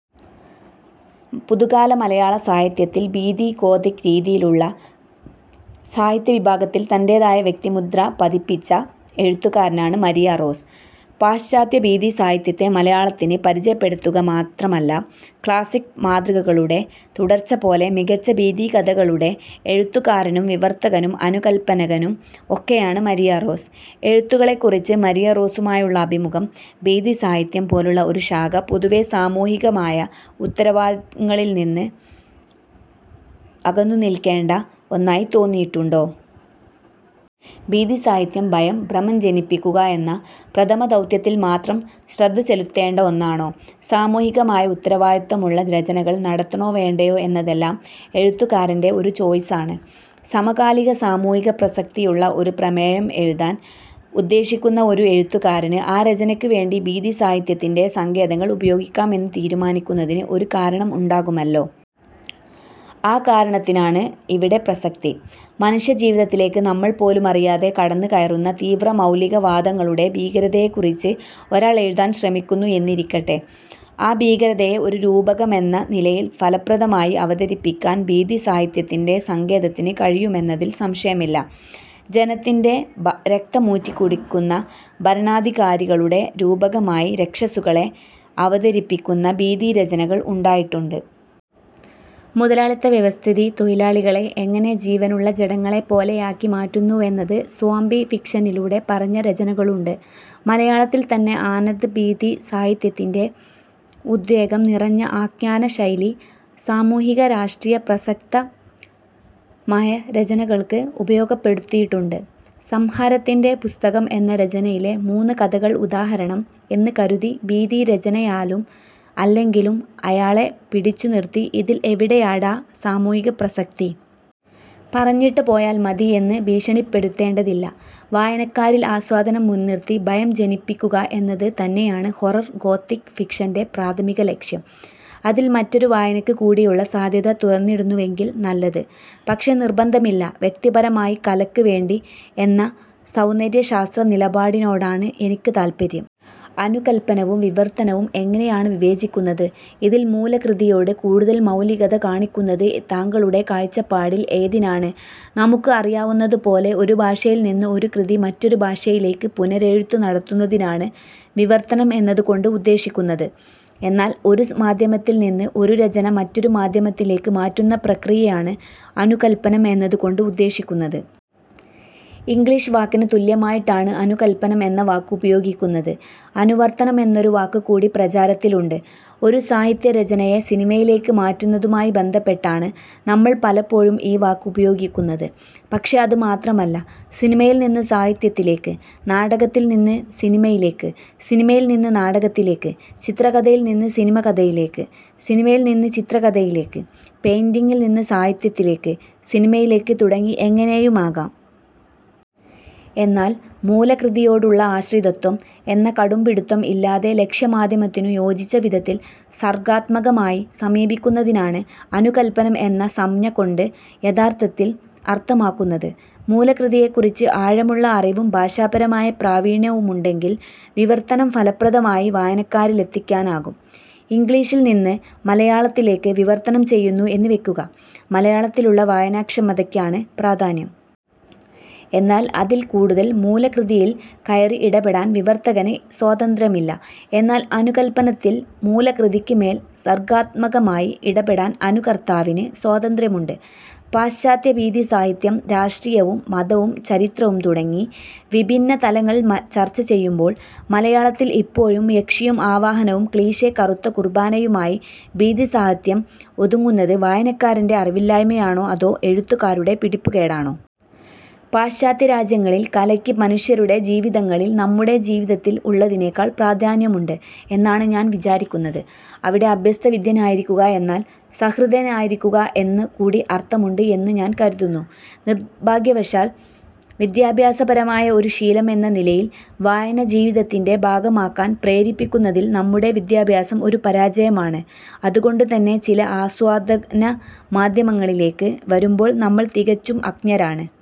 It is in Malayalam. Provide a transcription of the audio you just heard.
പുതുകാല മലയാളസാഹിത്യത്തിൽ ഭീതി, ഗോഥിക് രീതിയിലുള്ള സാഹിത്യവിഭാഗത്തിൽ തൻ്റേതായ വ്യക്തിമുദ്ര പതിപ്പിച്ച എഴുത്തുകാരനാണ് മരിയ റോസ്. പാശ്ചാത്യഭീതിസാഹിത്യത്തെ മലയാളത്തിന് പരിചയപ്പെടുത്തുക മാത്രമല്ല, ക്ളാസിക്ക് മാതൃകകളുടെ തുടർച്ച പോലെ മികച്ച ഭീതികഥകളുടെ എഴുത്തുകാരനും വിവർത്തകനും അനുകൽപനകനും ഒക്കെയാണ് മരിയ റോസ്. എഴുത്തുകളെക്കുറിച്ച് മരിയ റോസുമായുള്ള അഭിമുഖം. ഭീതിസാഹിത്യം പോലുള്ള ഒരു ശാഖ പൊതുവേ സാമൂഹികമായ ഉത്തരവാദിത്തങ്ങളിൽ നിന്ന് അകന്നുനിൽക്കേണ്ട ഒന്നായി തോന്നിയിട്ടുണ്ടോ? ഭീതിസാഹിത്യം, ഭയം, ഭ്രമം ജനിപ്പിക്കുക എന്ന പ്രഥമദൗത്യത്തിൽ മാത്രം ശ്രദ്ധ ചെലുത്തേണ്ട ഒന്നാണോ? സാമൂഹികമായ ഉത്തരവാദിത്തമുള്ള രചനകൾ നടത്തണോ വേണ്ടയോ എന്നതെല്ലാം എഴുത്തുകാരൻ്റെ ഒരു ചോയ്സ് ആണ്. സമകാലിക സാമൂഹികപ്രസക്തിയുള്ള ഒരു പ്രമേയം എഴുതാൻ ഉദ്ദേശിക്കുന്ന ഒരു എഴുത്തുകാരന് ആ രചനയ്ക്ക് വേണ്ടി ഭീതിസാഹിത്യത്തിൻ്റെ സങ്കേതങ്ങൾ ഉപയോഗിക്കാം എന്ന് തീരുമാനിക്കുന്നതിന് ഒരു കാരണം ഉണ്ടാകുമല്ലോ. ആ കാരണത്തിനാണ് ഇവിടെ പ്രസക്തി. മനുഷ്യജീവിതത്തിലേക്ക് നമ്മൾ പോലുമറിയാതെ കടന്ന് കയറുന്ന തീവ്ര മൗലികവാദങ്ങളുടെ ഭീകരതയെക്കുറിച്ച് ഒരാൾ എഴുതാൻ ശ്രമിക്കുന്നു എന്നിരിക്കട്ടെ. ആ ഭീകരതയെ ഒരു രൂപകമെന്ന നിലയിൽ ഫലപ്രദമായി അവതരിപ്പിക്കാൻ ഭീതിസാഹിത്യത്തിൻ്റെ സങ്കേതത്തിന് കഴിയുമെന്നതിൽ സംശയമില്ല. ജനത്തിൻ്റെ രക്തമൂറ്റിക്കുടിക്കുന്ന ഭരണാധികാരികളുടെ രൂപകമായി രക്ഷസുകളെ അവതരിപ്പിക്കുന്ന ഭീതിരചനകൾ ഉണ്ടായിട്ടുണ്ട്. മുതലാളിത്ത വ്യവസ്ഥിതി തൊഴിലാളികളെ എങ്ങനെ ജീവനുള്ള ജഡങ്ങളെപ്പോലെയാക്കി മാറ്റുന്നുവെന്നത് സോംബി ഫിക്ഷനിലൂടെ പറഞ്ഞ രചനകളുണ്ട്. മലയാളത്തിൽ തന്നെ ആനന്ദ് ഭീതിസാഹിത്യത്തിൻ്റെ ഉദ്വേഗം നിറഞ്ഞ ആഖ്യാനശൈലി സാമൂഹിക-രാഷ്ട്രീയ-പ്രസക്തമായ രചനകൾക്ക് ഉപയോഗപ്പെടുത്തിയിട്ടുണ്ട്. സംഹാരത്തിൻ്റെ പുസ്തകം എന്ന രചനയിലെ മൂന്ന് കഥകൾ ഉദാഹരണം. എന്ന് കരുതി ഭീതിരചനയായാലും അല്ലെങ്കിലും അയാളെ പിടിച്ചുനിർത്തി 'ഇതിൽ എവിടെയാടാ സാമൂഹികപ്രസക്തി? പറഞ്ഞിട്ട് പോയാൽ മതി' എന്ന് ഭീഷണിപ്പെടുത്തേണ്ടതില്ല. വായനക്കാരിൽ ആസ്വാദനം മുൻനിർത്തി ഭയം ജനിപ്പിക്കുക എന്നത് തന്നെയാണ് ഹൊറർ ഗോഥിക് ഫിക്ഷൻ്റെ പ്രാഥമികലക്ഷ്യം. അതിൽ മറ്റൊരു വായനക്ക് കൂടിയുള്ള സാധ്യത തുറന്നിടുന്നുവെങ്കിൽ നല്ലത്. പക്ഷെ നിർബന്ധമില്ല. വ്യക്തിപരമായി കലക്ക് വേണ്ടി എന്ന സൗന്ദര്യ ശാസ്ത്രനിലപാടിനോടാണ് എനിക്ക് താൽപര്യം. അനുകൽപനവും വിവർത്തനവും എങ്ങനെയാണ് വിവേചിക്കുന്നത്? ഇതിൽ മൂലകൃതിയോട് കൂടുതൽ മൗലികത കാണിക്കുന്നത് താങ്കളുടെ കാഴ്ചപ്പാടിൽ ഏതിനാണ്? നമുക്ക് അറിയാവുന്നത് പോലെ ഒരു ഭാഷയിൽ നിന്ന് ഒരു കൃതി മറ്റൊരു ഭാഷയിലേക്ക് പുനരെഴുത്ത് നടത്തുന്നതിനാണ് വിവർത്തനം എന്നത് കൊണ്ട് ഉദ്ദേശിക്കുന്നത്. എന്നാൽ ഒരു മാധ്യമത്തിൽ നിന്ന് ഒരു രചന മറ്റൊരു മാധ്യമത്തിലേക്ക് മാറ്റുന്ന പ്രക്രിയയാണ് അനുകൽപനം എന്നത് കൊണ്ട് ഉദ്ദേശിക്കുന്നത്. ഇംഗ്ലീഷ് വാക്കിന് തുല്യമായിട്ടാണ് അനുകൽപനം എന്ന വാക്ക് ഉപയോഗിക്കുന്നത്. അനുവർത്തനം എന്നൊരു വാക്ക് കൂടി പ്രചാരത്തിലുണ്ട്. ഒരു സാഹിത്യരചനയെ സിനിമയിലേക്ക് മാറ്റുന്നതുമായി ബന്ധപ്പെട്ടാണ് നമ്മൾ പലപ്പോഴും ഈ വാക്ക് ഉപയോഗിക്കുന്നത്. പക്ഷെ അത് മാത്രമല്ല സിനിമയിൽ നിന്ന് സാഹിത്യത്തിലേക്ക്, നാടകത്തിൽ നിന്ന് സിനിമയിലേക്ക്, സിനിമയിൽ നിന്ന് നാടകത്തിലേക്ക് ചിത്രകഥയിൽ നിന്ന് സിനിമ കഥയിലേക്ക്, സിനിമയിൽ നിന്ന് ചിത്രകഥയിലേക്ക്, പെയിൻ്റിങിൽ നിന്ന് സാഹിത്യത്തിലേക്ക്, സിനിമയിലേക്ക് തുടങ്ങി എങ്ങനെയുമാകാം. എന്നാൽ മൂലകൃതിയോടുള്ള ആശ്രിതത്വം എന്ന കടുംപിടിത്തം ഇല്ലാതെ ലക്ഷ്യമാധ്യമത്തിനു യോജിച്ച വിധത്തിൽ സർഗാത്മകമായി സമീപിക്കുന്നതിനാണ് അനുകൽപനം എന്ന സംജ്ഞ കൊണ്ട് യഥാർത്ഥത്തിൽ അർത്ഥമാക്കുന്നത്. മൂലകൃതിയെക്കുറിച്ച് ആഴമുള്ള അറിവും ഭാഷാപരമായ പ്രാവീണ്യവുമുണ്ടെങ്കിൽ വിവർത്തനം ഫലപ്രദമായി വായനക്കാരിലെത്തിക്കാനാകും. ഇംഗ്ലീഷിൽ നിന്ന് മലയാളത്തിലേക്ക് വിവർത്തനം ചെയ്യുന്നു എന്ന് വയ്ക്കുക. മലയാളത്തിലുള്ള വായനാക്ഷമതയ്ക്കാണ് പ്രാധാന്യം. എന്നാൽ അതിൽ കൂടുതൽ മൂലകൃതിയിൽ കയറി ഇടപെടാൻ വിവർത്തകന് സ്വാതന്ത്യമില്ല. എന്നാൽ അനുകൽപനത്തിൽ മൂലകൃതിയ്ക്ക് മേൽ സർഗാത്മകമായി ഇടപെടാൻ അനുകർത്താവിന് സ്വാതന്ത്ര്യമുണ്ട്. പാശ്ചാത്യ ഭീതിസാഹിത്യം രാഷ്ട്രീയവും മതവും ചരിത്രവും തുടങ്ങീ വിഭിന്നതലങ്ങൾ ചർച്ച ചെയ്യുമ്പോൾ മലയാളത്തിൽ ഇപ്പോഴും യക്ഷിയും ആവാഹനവും ക്ളീഷേ കറുത്ത കുർബാനയുമായി ഭീതിസാഹിത്യം ഒതുങ്ങുന്നത് വായനക്കാരൻ്റെ അറിവില്ലായ്മയാണോ അതോ എഴുത്തുകാരുടെ പിടിപ്പുകേടാണോ? പാശ്ചാത്യരാജ്യങ്ങളിൽ കലയ്ക്ക് മനുഷ്യരുടെ ജീവിതങ്ങളിൽ നമ്മുടെ ജീവിതത്തിൽ ഉള്ളതിനേക്കാൾ പ്രാധാന്യമുണ്ട് എന്നാണ് ഞാൻ വിചാരിക്കുന്നത്. അവിടെ അഭ്യസ്തവിദ്യനായിരിക്കുക എന്നാൽ സഹൃദയനായിരിക്കുക എന്ന് കൂടി അർത്ഥമുണ്ട് എന്ന് ഞാൻ കരുതുന്നു. നിർഭാഗ്യവശാൽ വിദ്യാഭ്യാസപരമായ ഒരു ശീലം എന്ന നിലയിൽ വായന ജീവിതത്തിൻ്റെ ഭാഗമാക്കാൻ പ്രേരിപ്പിക്കുന്നതിൽ നമ്മുടെ വിദ്യാഭ്യാസം ഒരു പരാജയമാണ്. അത് കൊണ്ട് തന്നെ ചില ആസ്വാദനമാധ്യമങ്ങളിലേക്ക് വരുമ്പോൾ നമ്മൾ തികച്ചും അജ്ഞരാണ്.